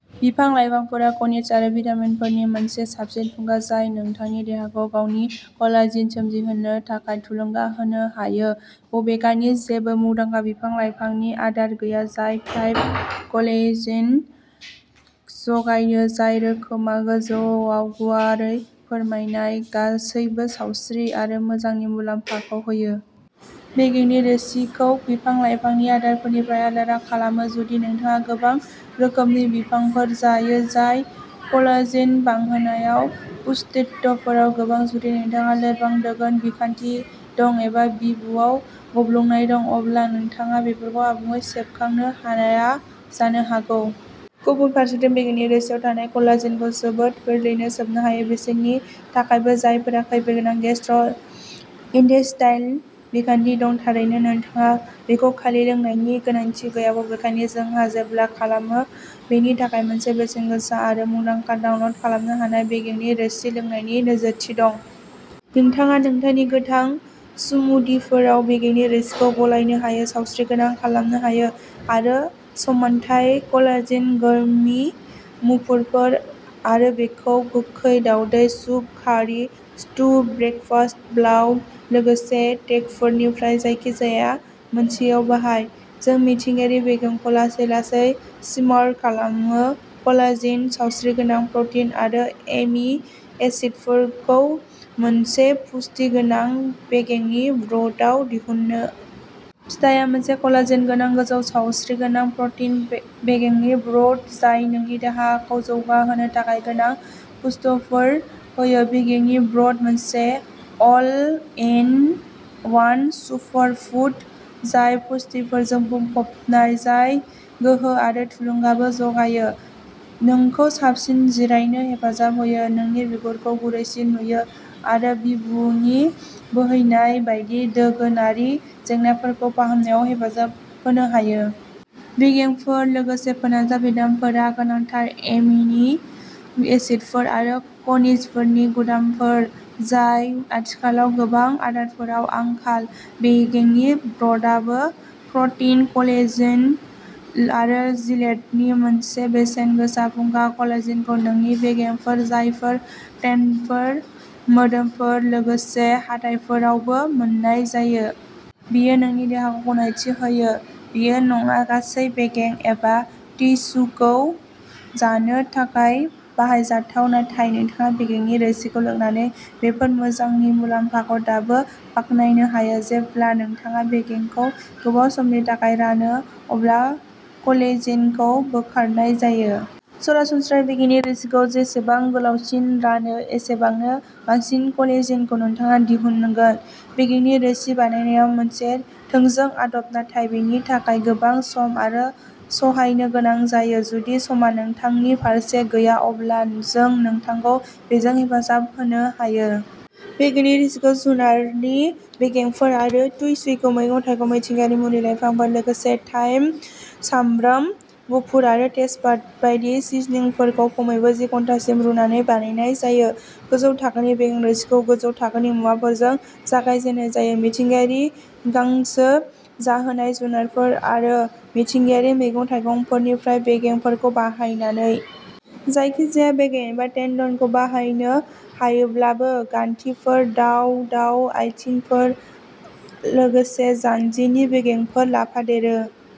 बिफां-लाइफांफोरा खनिज आरो भिटामिनफोरनि मोनसे साबसिन फुंखा जाय नोंथांनि देहाखौ गावनि कलाजेन सोमजिहोनो थाखाय थुलुंगा होनो हायो, बबेखानि जेबो मुंदांखा बिफां-लाइफांनि आदार गैया जाय टाइप कलेजिन जगायो, जाय रोखोमआ गोजौ आव गुवारै फोरमायनाय गासैबो सावस्रि आरो मोजांनि मुलाम्फाखौ होयो। बेगेंनि रोसिखौ बिफां-लाइफांनि आदारफोरनिफ्राय आलादा खालामो जुदि नोंथाङा गोबां रोखोमनि बिफांफोर जायो जाय कलाजेन बांहोनाय पुष्टिटफोराव गोबां, जुदि नोंथांहा लोरबां दोगोन बिखान्थि दं एबा बिबुआव गब्लंनाय दं, अब्ला नोंथाङा बेफोरखौ आबुङै सेबखांनो हानाया जानो हागौ। गुबुन फारसेथिं, बेगेंनि रोसिआव थानाय कलाजेनखौ जोबोद गोरलैयै सोबनो हायो, बिसोरनि थाखायबो जायफोरा खैफोदगोनां गेस्ट्रल' इन्टेस्टाइल बिखान्थि दं। थारैनो, नोंथाङा बेखौ खालि लोंनायनि गोनांथि गैया बबेखानि जोंहा जेब्ला खालामो बेनि थाखाय मोनसे बेसेनगोसा आरो मुंदांखा डाउनल'ड खालामनो हानाय बेगेंनि रोसि लोंनायनि नोजोरथि दं। नोंथाङा नोंथांनि गोथां स्मूदिफोराव बेगेंनि रोसिखौ गलायनो हायो, सावस्रिगोनां खालामनो हायो। आरो समानथाय कलाजेन गम्मी मुफुरफोर, आरो बेखौ गोख्रै दावदै, soup, curry, stew, breakfast bowl, लोगोसे टेक'फोरनिफ्राय जायखि जाया मोनसेआव बाहाय। जों मिथिंगायारि बेगेंफोरखौ लासै-लासै सिमार खालामो कलाजेन, सावस्रिगोनां प्र'टिनफोर, आरो एमि एसिडफोरखौ मोनसे पुष्टि गोनां बेगेंनि ब्र'थआव दिहुननो। फिथायआ मोनसे कलाजेन गोनां, गोजौ सावस्रिगोनां प्र'टिन बे बेगेंनि ब्र'थ जाय नोंनि देहाखौ जौगा होनो थाखाय गोनां पुष्टफोर होयो। बेगेंनि ब्र'थ मोनसे अल एन वान सुपारफुड, जाय पुष्टिफोरजों बुंफबनाय जाय गोहो आरो थुलुंगाबो जगायो, नोंखौ साबसिन जिरायनो हेफाजाब होयो, नोंनि बिगुरखौ गुरैसिन नुयो, आरो बिबुनि बोहैनाय बायदि दोगोनारि जेंनाफोरखौ फाहामनायाव हेफाजाब होनो हायो। बेगेंफोर लोगोसे फोनांजाब बिदामफोरा गोनांथार एमिनि एसिडफोर आरो खनिजफोरनि गुदामफोर जाय आथिखालाव गोबां आदारफोराव आंखाल। बेगेंनि ब्र'थाबो प्र'टिन, कलेजेन आरो जिलेटिननि मोनसे बेसेनगोसा फुंखा। कलेजेनखौ नोंनि बेगेंफोर, जराफोर, टेन्डनफोर, मोदोमफोर, लोगोसे हाथाइफोरावबो मोन्नाय जायो। बेयो नोंनि देहाखौ गनायथि होयो। बेयो नङा गासै बेगें एबा टिस्युखौ जानो थाखाय बाहायजाथाव, नाथाय नोंथाङा बेगेंनि रोसिखौ लोंनानै बेफोर मोजांनि मुलाम्फाखौ दाबो बाखनायनो हायो। जेब्ला नोंथाङा बेगेंखौ गोबाव समनि थाखाय रानो, अब्ला कलेजेनखौ बोखारनाय जायो। सरासनस्रायै, बेगेंनि रोसिखौ जेसेबां गोलावसिन रानो, एसेबांनो बांसिन कलेजेनखौ नोंथाङा दिहुनगोन। बेगेंनि रोसि बानायनाया मोनसे थोंजों आदब, नाथाय बेनि थाखाय गोबां सम आरो सहायनो गोनां जायो। जुदि समआ नोंथांनि फारसे गैया, अब्ला जों नोंथांखौ बेजों हेफाजाब होनो हायो। बेगेंनि रोसिखौ जुनारनि बेगेंफोर आरो टिस्युखौ मैगं-थाइगं, मिथिंगायारि मुलि-लाइफांफोर, लोगोसे थाइम, सामब्राम गुफुर आरो तेजपात बायदि सिजनिंफोरजों खमैबो जि घन्टासिम रुनानै बानायनाय जायो। गोजौ थाखोनि बेगेंनि रोसिखौ गोजौ थाखोनि मुवाफोरजों जागाय जेननाय जायो, मिथिंगायारि गांसो जाहोनाय जुनारफोर आरो मिथिंगायारि मैगं-थाइगंफोरनिफ्राय बेगेंफोरखौ बाहायनानै। जायखिजाया बेगें एबा टेन्डनखौ बाहायनो हायोब्लाबो, गान्थिफोर, दाव-दाव आयथिंफोर, लोगोसे जान्जिनि बेगेंफोरा लाफादेरो।